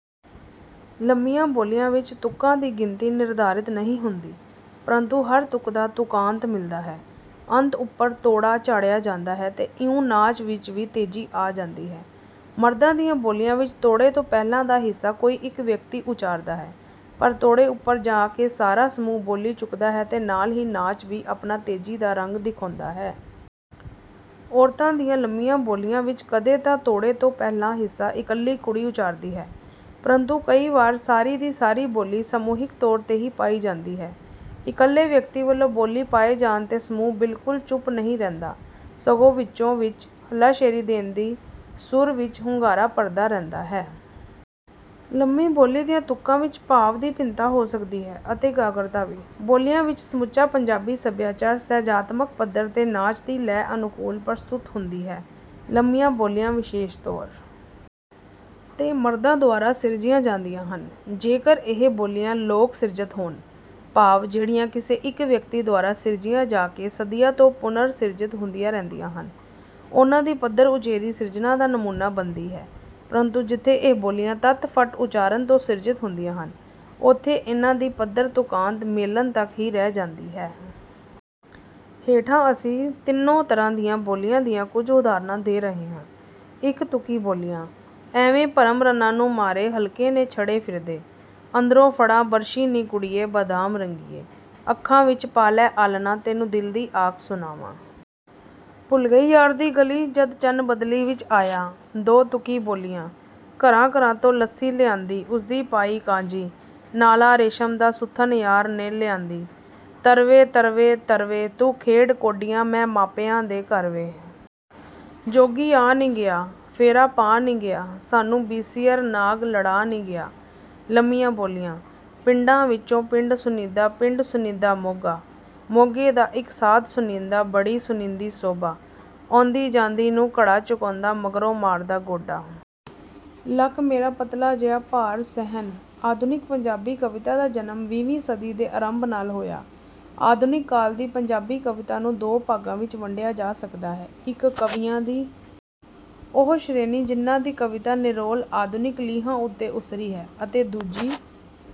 ਲੰਮੀਆਂ ਬੋਲੀਆ ਵਿਚ ਤੁਕਾਂ ਦੀ ਗਿਣਤੀ ਨਿਰਧਾਰਤ ਨਹੀਂ ਹੁੰਦੀ| ਪਰੰਤੂ ਹਰ ਤੁਕ ਦਾ ਤੁਕਾਂਤ ਮਿਲ਼ਦਾ ਹੈ। ਅੰਤ ਉਪਰ ਤੋੜਾ ਝਾੜਿਆ ਜਾਂਦਾ ਹੈ ਤੇ ਇਉਂ ਨਾਚ ਵਿਚ ਵੀ ਤੇਜ਼ੀ ਆ ਜਾਂਦੀ ਹੈ। ਮਰਦਾਂ ਦੀਆਂ ਬੋਲੀਆਂ ਵਿਚ ਤੋੜੇ ਤੋਂ ਪਹਿਲਾਂ ਦਾ ਹਿੱਸਾ ਕੋਈ ਇਕ ਵਿਅਕਤੀ ਉਚਾਰਦਾ ਹੈ ਪਰ ਤੋੜੇ ਉਪਰ ਜਾ ਕੇ ਸਾਰਾ ਸਮੂਹ ਬੋਲੀ ਚੁੱਕਦਾ ਹੈ ਤੇ ਨਾਲ ਹੀ ਨਾਚ ਵੀ ਆਪਣਾ ਤੇਜ਼ੀ ਦਾ ਰੰਗ ਦਿਖਾਉਂਦਾ ਹੈ। ਔਰਤਾਂ ਦੀਆਂ ਲੰਮੀਆਂ ਬੋਲੀਆਂ ਵਿਚ ਕਦੇ ਤਾਂ ਤੋੜੇ ਤੋਂ ਪਹਿਲਾ ਹਿੱਸਾ ਇਕੱਲੀ ਕੁੜੀ ਉਚਾਰਦੀ ਹੈ ਪਰੰਤੂ ਕਈ ਵਾਰ ਸਾਰੀ ਦੀ ਸਾਰੀ ਬੋਲੀ ਸਮੂਹਿਕ ਤੌਰ ਤੇ ਹੀ ਪਾਈ ਜਾਂਦੀ ਹੈ। ਇਕੱਲੇ ਵਿਅਕਤੀ ਵਲੋਂ ਬੋਲੀ ਪਾਏ ਜਾਣ ਤੇ ਸਮੂਹ ਬਿਲਕੁਲ ਚੁੱਪ ਨਹੀਂ ਰਹਿੰਦਾ ਸਗੋਂ ਵਿਚੋ ਵਿਚ ਹਲਾਸ਼ੇਰੀ ਦੇਣ ਦੀ ਸੁਰ ਵਿਚ ਹੁੰਗਾਰਾ ਭਰਦਾ ਰਹਿੰਦਾ ਹੈ। ਲੰਮੀ ਬੋਲੀ ਦੀਆਂ ਤੁਕਾਂ ਵਿਚ ਭਾਵ ਦੀ ਭਿੰਨਤਾ ਹੋ ਸਕਦੀ ਹੈ ਅਤੇ ਇਕਾਗਰਤਾ ਵੀ। ਬੋਲੀਆਂ ਵਿਚ ਸਮੁੱਚਾ ਪੰਜਾਬੀ ਸਭਿਆਚਾਰ ਸੁਹਜਾਤਮਕ ਪੱਧਰ ਤੇ ਨਾਚ ਦੀ ਲੈਅ ਅਨੁਕੂਲ ਪ੍ਰਸਤੁਤ ਹੁੰਦੀ ਹੈ। ਲੰਮੀਆਂ ਬੋਲੀਆਂ ਵਿਸ਼ੇਸ਼ ਤੌਰ ਤੇ ਮਰਦਾਂ ਦੁਆਰਾ ਸਿਰਜੀਆਂ ਜਾਂਦੀਆਂ ਹਨ, ਜੇ ਕਰ ਇਹ ਬੋਲੀਆ ਲੋਕ ਸਿਰਜਤ ਹੋਣ| ਭਾਵ ਜਿਹੜੀਆ ਕਿਸੇ ਇਕ ਵਿਅਕਤੀ ਦੁਆਰਾ ਸਿਰਜੀਆਂ ਜਾ ਕੇ ਸਦੀਆਂ ਤੋਂ ਪੁਨਰ ਸਿਰਜਿਤ ਹੁੰਦੀਆਂ ਰਹਿੰਦੀਆ ਹਨ| ਉਨ੍ਹਾਂ ਦੀ ਪੱਧਰ ਉਚੇਰੀ ਸਿਰਜਣਾ ਦਾ ਨਮੂਨਾ ਬਣਦੀ ਹੈ ਪਰੰਤੂ ਜਿੱਥੇ ਇਹ ਬੋਲੀਆਂ ਤੱਤਫੱਟ ਉਚਾਰਣ ਤੋਂ ਸਿਰਜਿਤ ਹੁੰਦੀਆਂ ਹਨ ਉੱਥੇ ਇਨ੍ਹਾਂ ਦੀ ਪੱਧਰ ਤੁਕਾਂਤ ਮੇਲਣ ਤਕ ਹੀ ਰਹਿ ਜਾਂਦੀ ਹੈ। ਹੇਠਾਂ ਅਸੀਂ ਤਿੰਨੋਂ ਤਰ੍ਹਾਂ ਦੀਆਂ ਬੋਲੀਆਂ ਦੀਆਂ ਕੁਝ ਉਦਾਹਣਾਂ ਦੇ ਰਹੇ ਹਾਂ। ਇਕ ਤੁਕੀ ਬੋਲੀਆਂ, ਐਵੇਂ ਭਰਮ ਰੰਨਾਂ ਨੂੰ ਮਾਰੇ ਹਲਕੇ ਨੇ ਛੜੇ ਫਿਰਦੇ। ਅੰਦਰੋਂ ਫੜਾ ਬਰਛੀ ਨੀ ਕੁੜੀਏ ਬਦਾਮ ਰੰਗੀਏ। ਅੱਖਾਂ ਵਿਚ ਪਾ ਲੈ ਆਲ੍ਹਣਾ, ਤੈਨੂੰ ਦਿਲ ਦੀ ਆਖ ਸੁਣਾਵਾਂ। ਭੁੱਲ ਗਈ ਯਾਰ ਦੀ ਗਲ਼ੀ, ਜਦ ਚੰਨ ਬਦਲੀ ਵਿਚ ਆਇਆ। ਦੋ ਤੁਕੀ ਬੋਲੀਆਂ, ਘਰਾਂ ਘਰਾਂ ਤੋਂ ਲੱਸੀ ਲਿਆਂਦੀ, ਉਸਦੀ ਪਾਈ ਕਾਂਜੀ, ਨਾਲਾ ਰੇਸ਼ਮ ਦਾ ਸੁੱਥਣ ਯਾਰ ਨੇ ਲਿਆਂਦੀ। ਤਰ ਵੇ ਤਰ ਵੇ ਤਰ ਵੇ, ਤੂੰ ਖੇਡ ਕੌਡੀਆਂ ਮੈਂ ਮਾਪਿਆਂ ਦੇ ਘਰ ਵੇ। ਜੋਗੀ ਆ ਨੀ ਗਿਆ, ਫੇਰਾ ਪਾ ਨੀ ਗਿਆ, ਸਾਨੂੰ ਬਿਸੀਅਰ ਨਾਗ ਲੜਾ ਨੀ ਗਿਆ। ਲੰਮੀਆਂ ਬੋਲੀਆਂ, ਪਿੰਡਾਂ ਵਿਚੋਂ ਪਿੰਡ ਸੁਣੀਦਾ ਪਿੰਡ ਸੁਣੀਂਦਾ ਮੋਗਾ, ਮੋਗੇ ਦਾ ਇਕ ਸਾਧ ਸੁਣੀਂਦਾ ਬੜੀ ਸੁਣੀਂਦੀ ਸੋਭਾ। ਆਉਂਦੀ ਜਾਂਦੀ ਨੂੰ ਘੜਾ ਚਕਾਉਂਦਾ ਮਗਰੋਂ ਮਾਰਦਾ ਗੋਡਾ। ਲੱਕ ਮੇਰਾ ਪਤਲਾ ਜਿਹਾ ਭਾਰ ਸਹਿਣ। ਆਧੁਨਿਕ ਪੰਜਾਬੀ ਕਵਿਤਾ ਦਾ ਜਨਮ ਵੀਹਵੀਂ ਸਦੀ ਦੇ ਆਰੰਭ ਨਾਲ ਹੋਇਆ। ਆਧੁਨਿਕ ਕਾਲ ਦੀ ਪੰਜਾਬੀ ਕਵਿਤਾ ਨੂੰ ਦੋ ਭਾਗਾਂ ਵਿੱਚ ਵੰਡਿਆ ਜਾ ਸਕਦਾ ਹੈ। ਇੱਕ ਕਵੀਆਂ ਦੀ ਉਹ ਸ਼੍ਰੇਣੀ ਜਿਹਨਾਂ ਦੀ ਕਵਿਤਾ ਨਿਰੋਲ ਆਧੁਨਿਕ ਲੀਹਾਂ ਉੱਤੇ ਉਸਰੀ ਹੈ, ਅਤੇ ਦੂਜੀ